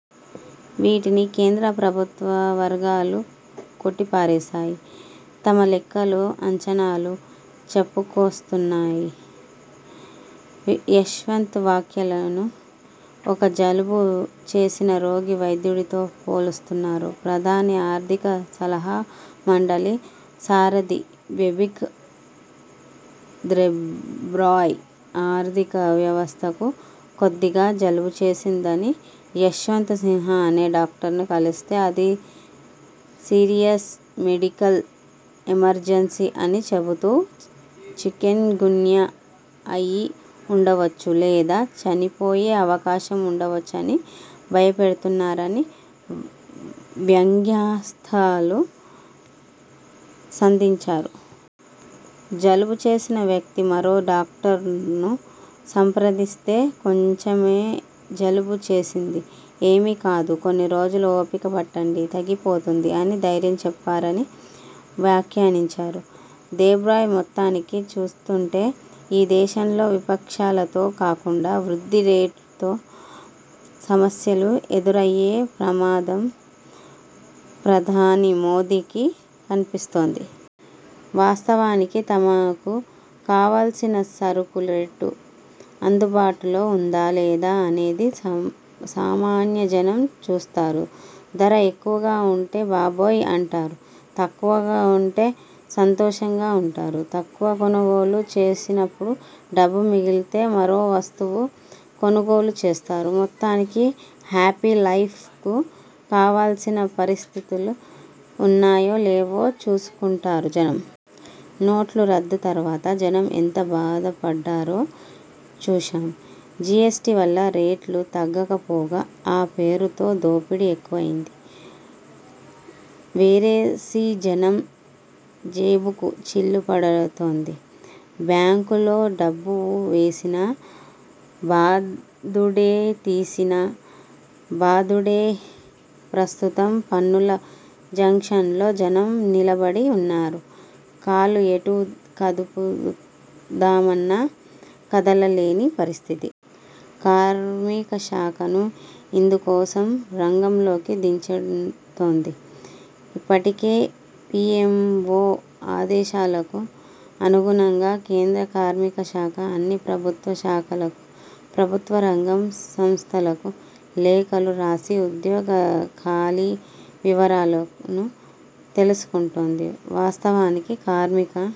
వీటిని కేంద్ర ప్రభుత్వ వర్గాలు కొట్టిపారేస్తాయి. తమ లెక్కలు, అంచనాలు చెప్పుకొస్తున్నాయి. యశ్వంత్ వ్యాఖ్యలను ఒక జలుబు చేసిన రోగి, వైద్యుడితో పోలుస్తున్నారు ప్రధాని ఆర్థిక సలహా మండలి సారథి బిబేక్ థ్రెబ్రాయ్. ఆర్థిక వ్యవస్థకు కొద్దిగా జలుబు చేసిందని యశ్వంత్ సిన్హా అనే డాక్టర్ను కలిస్తే అది సీరియస్ మెడికల్ ఎమర్జెన్సీ అని చెబుతూ, చికెన్ గున్యా అయి ఉండవచ్చు లేదా చనిపోయే అవకాశం ఉండవచ్చని భయపెడుతున్నారని వ్యంగ్యాస్త్రాలు సంధించారు. జలుబు చేసిన వ్యక్తి మరో డాక్టర్ను సంప్రదిస్తే కొంచమే జలుబు చేసింది ఏమీ కాదు కొన్ని రోజులు ఓపిక పట్టండి, తగ్గిపోతుంది అని ధైర్యం చెప్పారని వ్యాఖ్యానించారు దేబ్రాయ్. మొత్తానికి చూస్తుంటే ఈ దేశంలో విపక్షాలతో కాకుండా వృద్ధి రేటుతో సమస్యలు ఎదురయ్యే ప్రమాదం ప్రధాని మోదీకి కనిపిస్తోంది. వాస్తవానికి తమకు కావాల్సిన సరుకు రేటు అందుబాటులో ఉందా లేదా అనేది సామ సామాన్య జనం చూస్తారు. ధర ఎక్కువగా ఉంటే బాబోయ్ అంటారు. తక్కువగా ఉంటే సంతోషంగా ఉంటారు. తక్కువకు కొనుగోలు చేసినప్పుడు డబ్బు మిగిలితే మరో వస్తువు కొనుగోలు చేస్తారు. మొత్తానికి హ్యాపీ లైఫ్కు కావాల్సిన పరిస్థితులు ఉన్నాయో లేవో చూసుకుంటారు జనం. నోట్ల రద్దు తరువాత జనం ఎంత బాధపడ్డారో చూశాం. జీఎస్టీ వల్ల రేట్లు తగ్గకపోగా ఆ పేరుతో దోపిడీ ఎక్కువైంది. వెరసి జనం జేబుకు చిల్లుపడుతోంది. బ్యాంకులో డబ్బు వేసినా బాదుడేతీసినా బాదుడే. ప్రస్తుతం పన్నుల జంక్షన్లో జనం నిలబడి ఉన్నారు. కాలు ఎటు కదుపుదామన్నా కదలలేని పరిస్థితి. కార్మికశాఖను ఇందుకోసం రంగంలోకి దించుతోంది. ఇప్పటికే పీఎంవో ఆదేశాలకు అనుగుణంగా కేంద్ర కార్మికశాఖ అన్ని ప్రభుత్వ శాఖలకు ప్రభుత్వ రంగం సంస్థలకు లేఖలు రాసి ఉద్యోగ ఖాళీ వివరాలను తెలుసుకుంటోంది. వాస్తవానికి కార్మిక